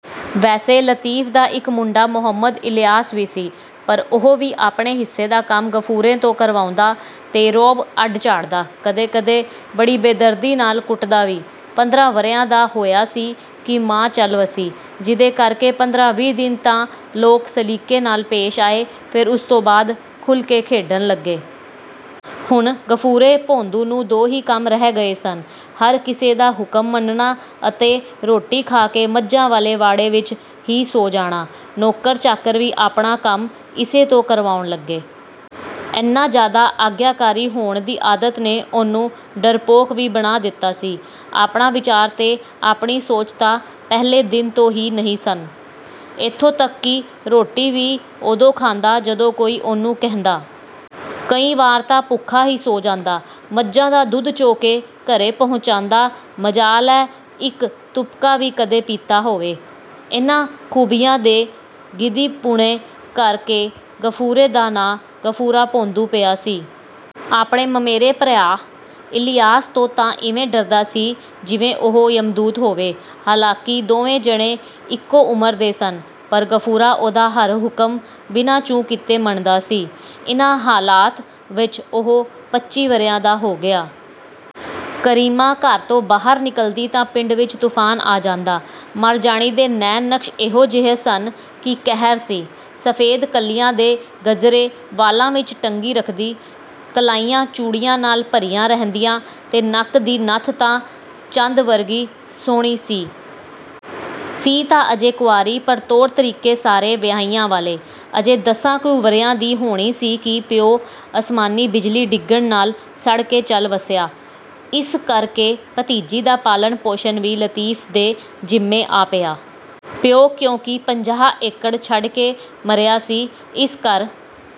ਵੈਸੇ ਲਤੀਫ ਦਾ ਇੱਕ ਮੁੰਡਾ ਮੁਹੰਮਦ ਇਲਿਆਸ ਵੀ ਸੀ, ਪਰ ਉਹ ਵੀ ਆਪਣੇ ਹਿੱਸੇ ਦਾ ਕੰਮ ਗਫੂਰੇ ਤੋਂ ਕਰਵਾਉਂਦਾ ਤੇ ਰੋਅਬ ਅੱਡ ਝਾੜਦਾ। ਕਦੇ-ਕਦੇ ਬੜੀ ਬੇਦਰਦੀ ਨਾਲ ਕੁੱਟਦਾ ਵੀ। ਪੰਦਰਾਂ ਵਰ੍ਹਿਆਂ ਦਾ ਹੋਇਆ ਸੀ ਕਿ ਮਾਂ ਚੱਲ ਵਸੀ, ਜਿਹਦੇ ਕਰ ਕੇ ਪੰਦਰਾਂ-ਵੀਹ ਦਿਨ ਤਾਂ ਲੋਕ ਸਲੀਕੇ ਨਾਲ ਪੇਸ਼ ਆਏ, ਫੇਰ ਉਸ ਤੋਂ ਬਾਅਦ ਖੁੱਲ੍ਹ ਕੇ ਖੇਡਣ ਲੱਗੇ। ਹੁਣ ਗਫੂਰੇ ਭੌਂਦੂ ਨੂੰ ਦੋ ਹੀ ਕੰਮ ਰਹਿ ਗਏ ਸਨ—ਹਰ ਕਿਸੇ ਦਾ ਹੁਕਮ ਮੰਨਣਾ ਅਤੇ ਰੋਟੀ ਖਾ ਕੇ ਮੱਝਾਂ ਵਾਲੇ ਵਾੜੇ ਵਿਚ ਹੀ ਸੌਂ ਜਾਣਾ। ਨੌਕਰ-ਚਾਕਰ ਵੀ ਆਪਣਾ ਕੰਮ ਇਸੇ ਤੋਂ ਕਰਵਾਉਣ ਲੱਗੇ। ਐਨਾ ਜ਼ਿਆਦਾ ਆਗਿਆਕਾਰੀ ਹੋਣ ਦੀ ਆਦਤ ਨੇ ਉਹਨੂੰ ਡਰਪੋਕ ਵੀ ਬਣਾ ਦਿੱਤਾ ਸੀ। ਆਪਣਾ ਵਿਚਾਰ ਤੇ ਆਪਣੀ ਸੋਚ ਤਾਂ ਪਹਿਲੇ ਦਿਨ ਤੋਂ ਹੀ ਨਹੀਂ ਸਨ। ਏਥੋਂ ਤੱਕ ਕਿ ਰੋਟੀ ਵੀ ਉਦੋਂ ਖਾਂਦਾ, ਜਦੋਂ ਕੋਈ ਉਹਨੂੰ ਕਹਿੰਦਾ। ਕਈ ਵਾਰ ਤਾਂ ਭੁੱਖਾ ਹੀ ਸੌਂ ਜਾਂਦਾ। ਮੱਝਾਂ ਦਾ ਦੁੱਧ ਚੋ ਕੇ ਘਰੇ ਪਹੁੰਚਾਉਂਦਾ। ਮਜਾਲ ਐ, ਇੱਕ ਤੁਪਕਾ ਵੀ ਕਦੇ ਪੀਤਾ ਹੋਵੇ। ਇਨ੍ਹਾਂ ਖੂਬੀਆਂ ਤੇ ਗੀਦੀਪੁਣੇ ਕਰ ਕੇ ਗਫੂਰੇ ਦਾ ਨਾਂ ਗਫੂਰਾ ਭੌਂਦੂ ਪਿਆ ਸੀ। ਆਪਣੇ ਮਮੇਰੇ ਭਰਾ ਇਲਿਆਸ ਤੋਂ ਤਾਂ ਇਵੇਂ ਡਰਦਾ ਸੀ, ਜਿਵੇਂ ਉਹ ਯਮਦੂਤ ਹੋਵੇ। ਹਾਲਾਂਕਿ ਦੋਵੇਂ ਜਣੇ ਇੱਕੋ ਉਮਰ ਦੇ ਸਨ, ਪਰ ਗਫੂਰਾ ਉਹਦਾ ਹਰ ਹੁਕਮ ਬਿਨਾ ਚੂੰ ਕੀਤੇ ਮੰਨਦਾ ਸੀ। ਇਨ੍ਹਾਂ ਹਾਲਾਤ ਵਿਚ ਉਹ ਪੱਚੀ ਵਰ੍ਹਿਆਂ ਦਾ ਹੋ ਗਿਆ। ਕਰੀਮਾਂ ਘਰ ਤੋਂ ਬਾਹਰ ਨਿਕਲਦੀ ਤਾਂ ਪਿੰਡ ਵਿਚ ਤੂਫ਼ਾਨ ਆ ਜਾਂਦਾ। ਮਰ ਜਾਣੀ ਦੇ ਨੈਣ-ਨਕਸ਼ ਇਹੋ ਜਿਹੇ ਸਨ ਕਿ ਕਹਿਰ ਸੀ। ਸਫ਼ੈਦ ਕਲੀਆਂ ਦੇ ਗਜਰੇ ਵਾਲਾਂ ਵਿਚ ਟੰਗੀ ਰੱਖਦੀ, ਕਲਾਈਆਂ ਚੂੜੀਆਂ ਨਾਲ ਭਰੀਆਂ ਰਹਿੰਦੀਆਂ ਤੇ ਨੱਕ ਦੀ ਨੱਥ ਤਾਂ ਚੰਦ ਵਰਗੀ ਸੁਹਣੀ ਸੀ। ਸੀ ਤਾਂ ਅਜੇ ਕੁਆਰੀ, ਪਰ ਤੌਰ-ਤਰੀਕੇ ਸਾਰੇ ਵਿਆਹੀਆਂ ਵਾਲੇ। ਅਜੇ ਦਸਾਂ ਕੁ ਵਰ੍ਹਿਆਂ ਦੀ ਹੋਣੀ ਸੀ ਕਿ ਪਿਉ ਅਸਮਾਨੀ ਬਿਜਲੀ ਡਿੱਗਣ ਨਾਲ ਸੜ ਕੇ ਚੱਲ ਵਸਿਆ। ਇਸ ਕਰ ਕੇ ਭਤੀਜੀ ਦਾ ਪਾਲਣ-ਪੋਸ਼ਣ ਵੀ ਲਤੀਫ ਦੇ ਜ਼ਿੰਮੇ ਆ ਪਿਆ। ਪਿਉ, ਕਿਉਂਕਿ ਪੰਜਾਹ ਏਕੜ ਛੱਡ ਕੇ ਮਰਿਆ ਸੀ, ਇਸ ਕਰ...